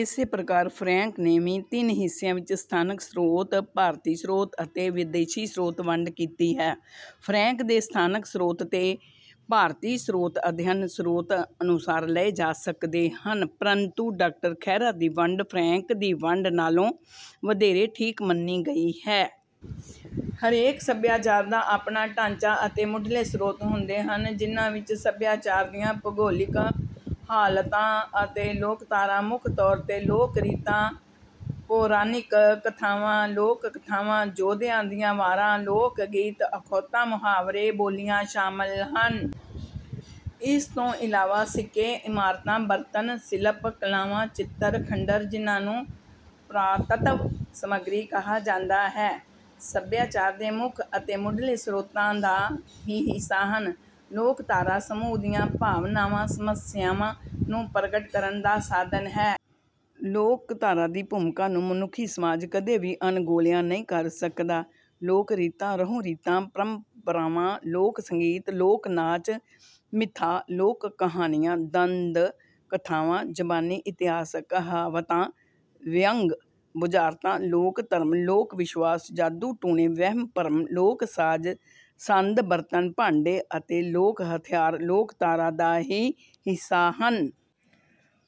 ਇਸੇ ਪ੍ਰਕਾਰ ਫਰੈਂਕ ਨੇ ਵੀ ਤਿੰਨ ਹਿੱਸਿਆਂ ਵਿੱਚ ਸਥਾਨਕ ਸਰੋਤ ਭਾਰਤੀ ਸਰੋਤ ਅਤੇ ਵਿਦੇਸ਼ੀ ਸਰੋਤ ਵੰਡ ਕੀਤੀ ਹੈ। ਫਰੈਂਕ ਦੇ ਸਥਾਨਕ ਸਰੋਤ ਅਤੇ ਭਾਰਤੀ ਸਰੋਤ ਅਧਿਐਨ ਸਰੋਤ ਅਨੁਸਾਰ ਲਏ ਜਾ ਸਕਦੇ ਹਨ ਪਰੰਤੂ ਡਾ ਖਹਿਰਾ ਦੀ ਵੰਡ ਫਰੈਂਕ ਦੀ ਵੰਡ ਨਾਲੋਂ ਵਧੇਰੇ ਠੀਕ ਮੰਨੀ ਗਈ ਹੈ। ਹਰੇਕ ਸੱਭਿਆਚਾਰ ਦਾ ਆਪਣਾ ਢਾਂਚਾ ਅਤੇ ਮੁੱਢਲੇ ਸਰੋਤ ਹੁੰਦੇ ਹਨ ਜਿਨ੍ਹਾਂ ਵਿੱਚ ਸੱਭਿਆਚਾਰ ਦੀਆਂ ਭੂਗੋਲਿਕ ਹਾਲਤਾਂ ਅਤੇ ਲੋਕਧਾਰਾ ਮੁੱਖ ਤੌਰ ਤੇ ਲੋਕ ਰੀਤਾਂ ਪੌਰਾਣਿਕ ਕਥਾਵਾਂ ਲੋਕ ਕਥਾਵਾਂ ਯੋਧਿਆਂ ਦੀਆਂ ਵਾਰਾਂ ਲੋਕ ਗੀਤ ਅਖੌਤਾਂ ਮੁਹਾਵਰੇ ਬੋਲੀਆਂ ਸ਼ਾਮਿਲ ਹਨ। ਇਸ ਤੋਂ ਇਲਾਵਾ ਸਿੱਕੇ ਇਮਾਰਤਾਂ ਬਰਤਨ ਸ਼ਿਲਪ ਕਲਾਵਾਂ ਚਿੱਤਰ ਖੰਡਰ ਜਿਨ੍ਹਾਂ ਨੂੰ ਪੁਰਾਤੱਤਵ ਸਮੱਗਰੀ ਕਿਹਾ ਜਾਂਦਾ ਹੈ ਸੱਭਿਆਚਾਰ ਦੇ ਮੁੱਖ ਅਤੇ ਮੁੱਢਲੇ ਸਰੋਤਾਂ ਦਾ ਹੀ ਹਿੱਸਾ ਹਨ। ਲੋਕਧਾਰਾ ਸਮੂਹ ਦੀਆਂ ਭਾਵਨਾਵਾਂ ਸਮੱਸਿਆਵਾਂ ਨੂੰ ਪ੍ਰਗਟ ਕਰਨ ਦਾ ਸਾਧਨ ਹੈ। ਲੋਕਧਾਰਾ ਦੀ ਭੂਮਿਕਾ ਨੂੰ ਮਨੁੱਖੀ ਸਮਾਜ ਕਦੇ ਵੀ ਅਣਗੌਲਿਆ ਨਹੀਂ ਕਰ ਸਕਦਾ। ਲੋਕ ਰੀਤਾਂ ਰਹੁ ਰੀਤਾਂ ਪਰੰਪਰਾਵਾਂ ਲੋਕ ਸੰਗੀਤ ਲੋਕ ਨਾਚ ਮਿਥਾਂ ਲੋਕ ਕਹਾਣੀਆਂ ਦੰਦ ਕਥਾਵਾਂ ਜ਼ਬਾਨੀ ਇਤਿਹਾਸ ਕਹਾਵਤਾਂ ਵਿਅੰਗ ਬੁਝਾਰਤਾਂ ਲੋਕ ਧਰਮ ਲੋਕ ਵਿਸ਼ਵਾਸ ਜਾਦੂ ਟੂਣੇ ਵਹਿਮ ਭਰਮ ਲੋਕ ਸਾਜ ਸੰਦ ਬਰਤਨ ਭਾਂਡੇ ਅਤੇ ਲੋਕ ਹਥਿਆਰ ਲੋਕਧਾਰਾ ਦਾ ਹੀ ਹਿੱਸਾ ਹਨ।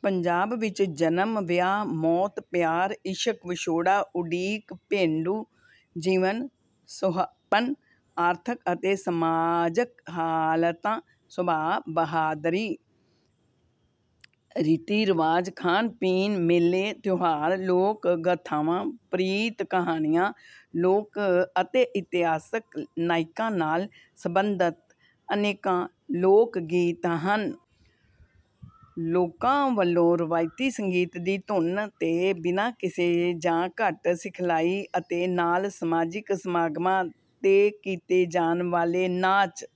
ਪੰਜਾਬ ਵਿਚ ਜਨਮ ਵਿਆਹ ਮੌਤ ਪਿਆਰ ਇਸ਼ਕ ਵਿਛੋੜਾ ਉਡੀਕ ਪੇਂਡੂ ਜੀਵਨ ਸੁਹੱਪਣ ਆਰਥਕ ਅਤੇ ਸਮਾਜਕ ਹਾਲਤਾਂ ਸੁਭਾਅ ਬਹਾਦਰੀ ਰੀਤੀ ਰਿਵਾਜ ਖਾਣ ਪੀਣ ਮੇਲੇ ਤਿਉਹਾਰ ਲੋਕ ਗਾਥਾਵਾਂ ਪ੍ਰੀਤ ਕਹਾਣੀਆਂ ਲੋਕ ਅਤੇ ਇਤਿਹਾਸਕ ਨਾਇਕਾਂ ਨਾਲ ਸਬੰਧਤ ਅਨੇਕਾਂ ਲੋਕ ਗੀਤ ਹਨ। ਲੋਕਾਂ ਵੱਲੋਂ ਰਵਾਇਤੀ ਸੰਗੀਤ ਦੀ ਧੁਨ ਤੇ ਬਿਨਾਂ ਕਿਸੇ ਜਾਂ ਘੱਟ ਸਿਖਲਾਈ ਅਤੇ ਨਾਲ ਸਮਾਜਿਕ ਸਮਾਗਮਾਂ ਤੇ ਕੀਤੇ ਜਾਣ ਵਾਲੇ ਨਾਚ